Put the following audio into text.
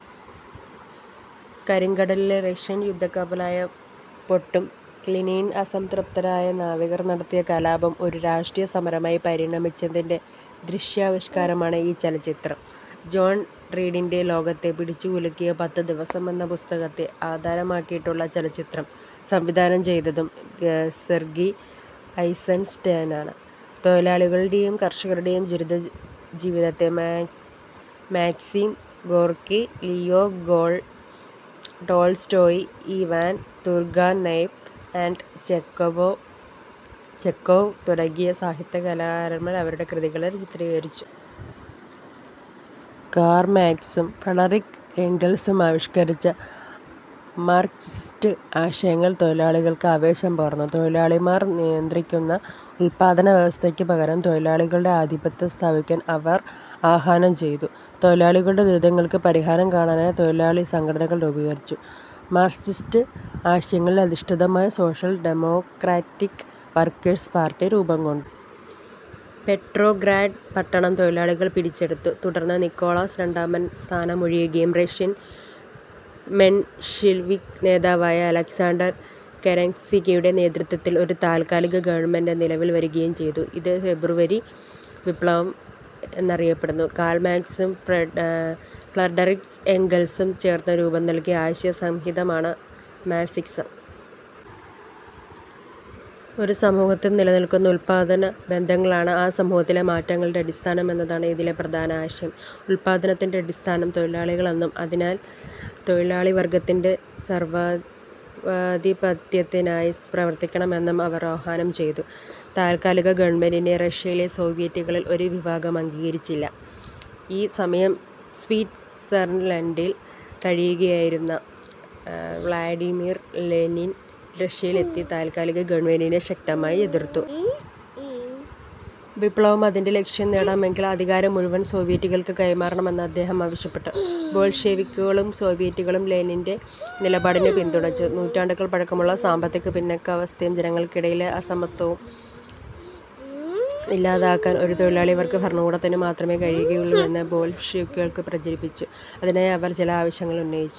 കരിങ്കടലിലെ Russian യുദ്ധക്കപ്പലായ പൊട്ടും കീനിൽ അസംതൃപ്തരായ നാവികർ നടത്തിയ കലാപം ഒരു രാഷ്ട്രീയസമരമായി പരിണമിച്ചതിന്റെ ദൃശ്യാവിഷ്കാരമാണ് ഈ ചലച്ചിത്രം. ജോൺ റീഡിന്റെ "ലോകത്തെ പിടിച്ചുകുലുക്കിയ പത്തു ദിവസം' എന്ന പുസ്തകത്തെ ആധാരമാക്കിയുള്ള ചലചിത്രം സംവിധാനം ചെയ്തതും സെർഗി ഐസൻസ്റ്റീനാണ്. തൊഴിലാളികളുടെയും കർഷകരുടെയും ദുരിതജീവിതത്തെ Maxim Gorky, Leo Tolstoy, Ivan Turgenev, Anton Chekhov തുടങ്ങിയ സാഹിത്യകാരന്മാർ അവരുടെ കൃതികളിൽ ചിത്രീകരിച്ചു. കാർ മാർക്സും ഫഡറിക് ഏംഗൽസും ആവിഷ്കരിച്ച മാർക്സിസ്റ്റ് ആശയങ്ങൾ തൊഴിലാളികൾക്ക് ആവേശം പകർന്നു. മുതലാളിമാർ നിയന്ത്രിക്കുന്ന ഉൽപ്പാദനവ്യവസ്ഥയ്ക്ക് പകരം തൊഴിലാളികളുടെ ആധിപത്യം സ്ഥാപിക്കാൻ അവർ ആഹ്വാനം ചെയ്തു. തൊഴിലാളികളുടെ ദുരിതങ്ങൾക്ക് പരിഹാരം കാണാനായി തൊഴിലാളിസംഘടനകൾ രൂപീകരിച്ചു. മാർക്സിസ്റ്റ് ആശയങ്ങളിൽ അധിഷ്ഠിതമായ സോഷ്യൽ ഡെമോക്രാറ്റിക് വർക്കേഴ്സ് പാർട്ടി രൂപംകൊണ്ടു. പെട്രോഗ്രാഡ് പട്ടണം തൊഴിലാളികൾ പിടിച്ചെടുത്തു. തുടർന്ന് നിക്കോളാസ് രണ്ടാമൻ സ്ഥാനമൊഴിയുകയും റഷ്യയിൽ മെൻഷെവിക് നേതാവായ അലക്സാണ്ടർ കെരൻസ്കിയുടെ നേതൃത്വത്തിൽ ഒരു താൽക്കാലിക ഗവൺമെന്റ് നിലവിൽ വരുകയും ചെയ്തു. ഇത് ഫെബ്രുവരി വിപ്ലവം എന്നറിയപ്പെടുന്നു. കാൾ മാക്സും ഫ്രഡറിക് ഏംഗൽസും ചേർന്ന് രൂപം നൽകിയ ആശയ സംഹിതയാണ് മാർക്സിസം. ഒരു സമുഹത്തിൽ നിലനിൽക്കുന്ന ഉൽപ്പാദനബന്ധങ്ങളാണ് ആ സമൂഹത്തിലെ മാറ്റങ്ങളുടെ അടിസ്ഥാനം എന്നതാണ് ഇതിലെ പ്രധാന ആശയം. ഉൽപാദനത്തിന്റെ അടിസ്ഥാനം തൊഴിലാളികളാണെന്നും അതിനാൽ തൊഴിലാളിവർഗത്തിന്റെ സർവാധിപത്യത്തിനായി പ്രവർത്തിക്കണമെന്നും അവർ ആഹ്വാനം ചെയ്തു. താൽക്കാലിക ഗവൺമെന്റിനെ റഷ്യയിലെ സോവിയറ്റുകളിൽ ഒരു വിഭാഗം അംഗീകരിച്ചില്ല. ഈ സമയം സ്വിറ്റ്സർലൻഡിൽ കഴിയുകയായിരുന്ന വ്ളാഡിമിർ ലെനിൻ റഷ്യയിലെത്തി താൽക്കാലിക ഗവൺമെന്റിനെ ശക്തമായി എതിർത്തു. വിപ്ലവം അതിന്റെ ലക്ഷ്യം നേടണമെങ്കിൽ അധികാരം മുഴുവൻ സോവിയറ്റുകൾക്ക് കൈമാറണമെന്ന് അദ്ദേഹം ആവശ്യപ്പെട്ടു. ബോൾഷെവിക്കുകളും സോവിയറ്റുകളും ലെനിന്റെ നിലപാടിനെ പിന്തുണച്ചു. നൂറ്റാണ്ടുകൾ പഴക്കമുള്ള സാമ്പത്തിക പിന്നാക്കാവസ്ഥയും ജനങ്ങൾക്കിടയിലെ അസമത്വവും ഇല്ലാതാക്കാൻ ഒരു തൊഴിലാളി വർഗ ഭരണകൂടത്തിനുമാത്രമേ കഴിയുകയുള്ളൂവെന്ന് ബോൾഷെവിക്കുകൾ പ്രചരിപ്പിച്ചു. അതിനായി അവർ ചില ആവശ്യങ്ങൾ ഉന്നയിച്ചു.